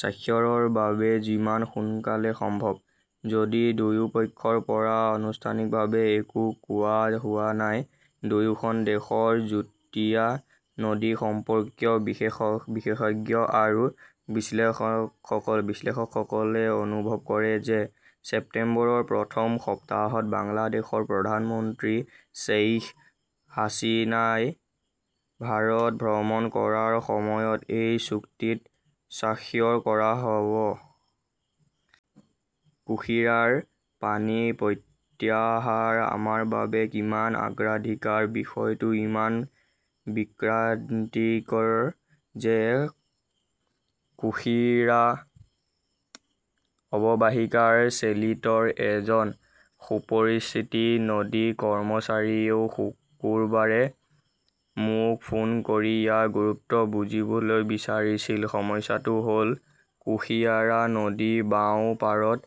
স্বাক্ষৰৰ বাবে 'যিমান সোনকালে সম্ভৱ'। যদিও দুয়োপক্ষৰ পৰা আনুষ্ঠানিকভাৱে একো কোৱা হোৱা নাই, দুয়োখন দেশৰ যুটীয়া নদী সম্পৰ্কীয় বিশেষজ্ঞ আৰু বিশ্লেষকসকলে অনুভৱ কৰে যে ছেপ্টেম্বৰৰ প্ৰথম সপ্তাহত বাংলাদেশৰ প্ৰধানমন্ত্ৰী শ্বেইখ হাছিনাই ভাৰত ভ্ৰমণ কৰাৰ সময়ত এই চুক্তিত স্বাক্ষৰ কৰা হ 'ব। কুশীৰাৰ পানী প্ৰত্যাহাৰ আমাৰ বাবে কিমান অগ্ৰাধিকাৰ বিষয়টো ইমান বিভ্ৰান্তিকৰ যে কুশীৰা অৱবাহিকাৰ চেলিতৰ এজন সুপৰিচিত নদী কৰ্মচাৰীয়েও শুকুৰবাৰে মোক ফোন কৰি ইয়াৰ গুৰুত্ব বুজিবলৈ বিচাৰিছিল। সমস্যাটো হ 'ল কুশিয়াৰা নদীৰ বাওঁ পাৰত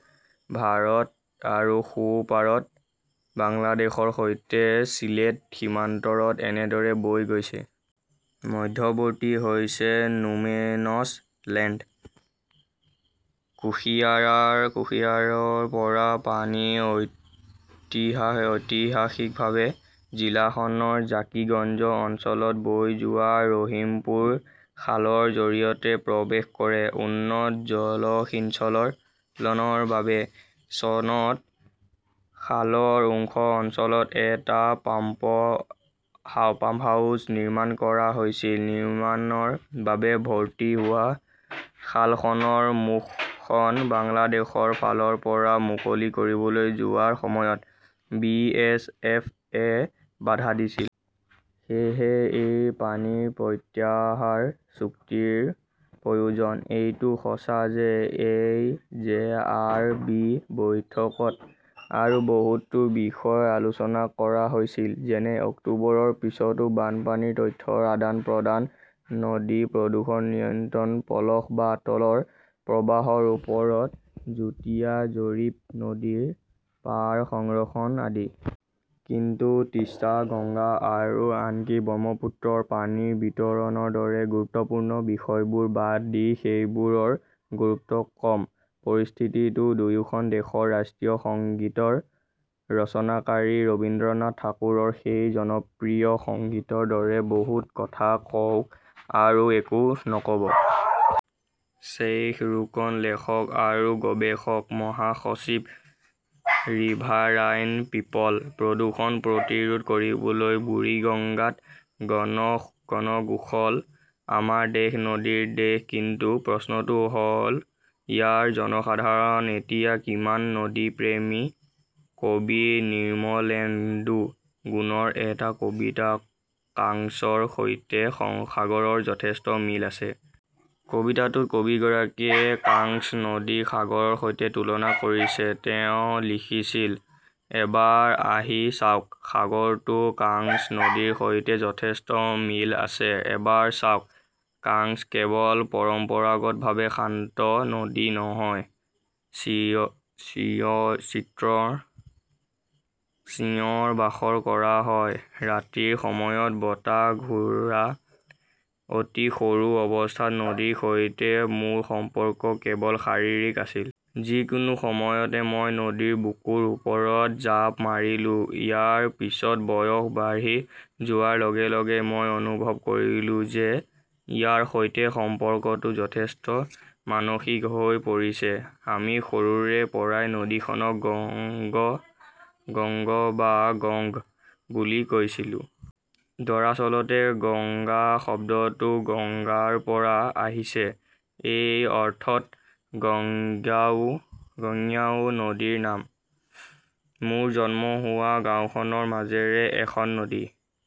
ভাৰত আৰু সোঁ পাৰত বাংলাদেশৰ সৈতে ছিলেট সীমান্তত এনেদৰে বৈ গৈছে। মধ্যৱৰ্তী হৈছে নোমেনছ লেণ্ড । কুশীয়াৰাৰ পৰা পানী ঐতিহাসিকভাৱে জিলাখনৰ জাকিগঞ্জ অঞ্চলত বৈ যোৱা ৰহিমপুৰ খালৰ জৰিয়তে প্ৰৱেশ কৰে। উন্নত জলসিঞ্চনৰ বাবে চনত খালৰ উৎস অঞ্চলত এটা পাম্পহাউছ নিৰ্মাণ কৰা হৈছিল। নিৰ্মাণৰ বাবে ভৰ্তি হোৱা খালখনৰ মুখখন বাংলাদেশৰ ফালৰ পৰা মুকলি কৰিবলৈ যোৱাৰ সময়ত বিএছএফ এ বাধা দিছিল। সেয়েহে এই 'পানী প্ৰত্যাহাৰ চুক্তি ৰ প্ৰয়োজন। এইটো সঁচা যে এই জে. আৰ. চি. বৈঠকত আৰু বহুতো বিষয় আলোচনা কৰা হৈছিল। যেনে অক্টোবৰৰ পিছতো বানপানীৰ তথ্যৰ আদান-প্ৰদান, নদী প্ৰদূষণ নিয়ন্ত্ৰণ, পলস বা তলৰ প্ৰবাহৰ ওপৰত যুটীয়া জৰীপ, নদীৰ পাৰ সংৰক্ষণ আদি। কিন্তু তীস্তা, গংগা আৰু আনকি ব্ৰহ্মপুত্ৰৰ পানীৰ বিতৰণৰ দৰে গুৰুত্বপূৰ্ণ বিষয়বোৰ বাদ দি সেইবোৰৰ গুৰুত্ব কম। পৰিস্থিতিটো দুয়োখন দেশৰ ৰাষ্ট্ৰীয় সংগীতৰ ৰচনাকাৰী ৰবীন্দ্ৰনাথ ঠাকুৰৰ সেই জনপ্ৰিয় সংগীতৰ দৰে-'বহুত কথা কওক আৰু একো নক'ব । শ্বেইখ ৰোকনঃ লেখক আৰু গৱেষক; মহাসচিব, ৰিভাৰাইন পিপল। প্ৰদূষণ প্ৰতিৰোধ কৰিবলৈ বুৰিগঙ্গাত গণ গোসল " আমাৰ দেশ নদীৰ দেশ। কিন্তু প্ৰশ্নটো হ ‘ল ইয়াৰ জনসাধাৰণ এতিয়া কিমান নদীপ্ৰেমী কবি নিৰ্মলেন্দু গুণৰ এটা কবিতা 'কাংছৰ সৈতে সাগৰৰ যথেষ্ট মিল আছে । কবিতাটোত কবিগৰাকীয়ে কাংছ নদীক সাগৰৰ সৈতে তুলনা কৰিছে। তেওঁ লিখিছিল এবাৰ আহি চাওক, সাগৰটো কাংছ নদীৰ সৈতে যথেষ্ট মিল আছে। এবাৰ চাওক, কাংছ কেৱল পৰম্পৰাগতভাৱে শান্ত নদী নহয়, চিঞৰ বাখৰ কৰা হয়, ৰাতিৰ সময়ত বতাহ ঘোঁৰা অতি সৰু অৱস্থাত নদীৰ সৈতে মোৰ সম্পৰ্ক কেৱল শাৰীৰিক আছিল। যিকোনো সময়তে মই নদীৰ বুকুৰ ওপৰত জাপ মাৰিলো। ইয়াৰ পিছত বয়স বাঢ়ি যোৱাৰ লগে লগে মই অনুভৱ কৰিলো যে ইয়াৰ সৈতে সম্পৰ্কটো যথেষ্ট মানসিক হৈ পৰিছে। আমি সৰুৰে পৰাই নদীখনক গংগ, গংগ বা গংগ বুলি কৈছিলোঁ। দৰাচলতে গংগা শব্দটো গংগাৰ পৰা আহিছে। এই অৰ্থত গঙ্গাও নদীৰ নাম। মোৰ জন্ম হোৱা গাওঁখনৰ মাজেৰে এখন নদী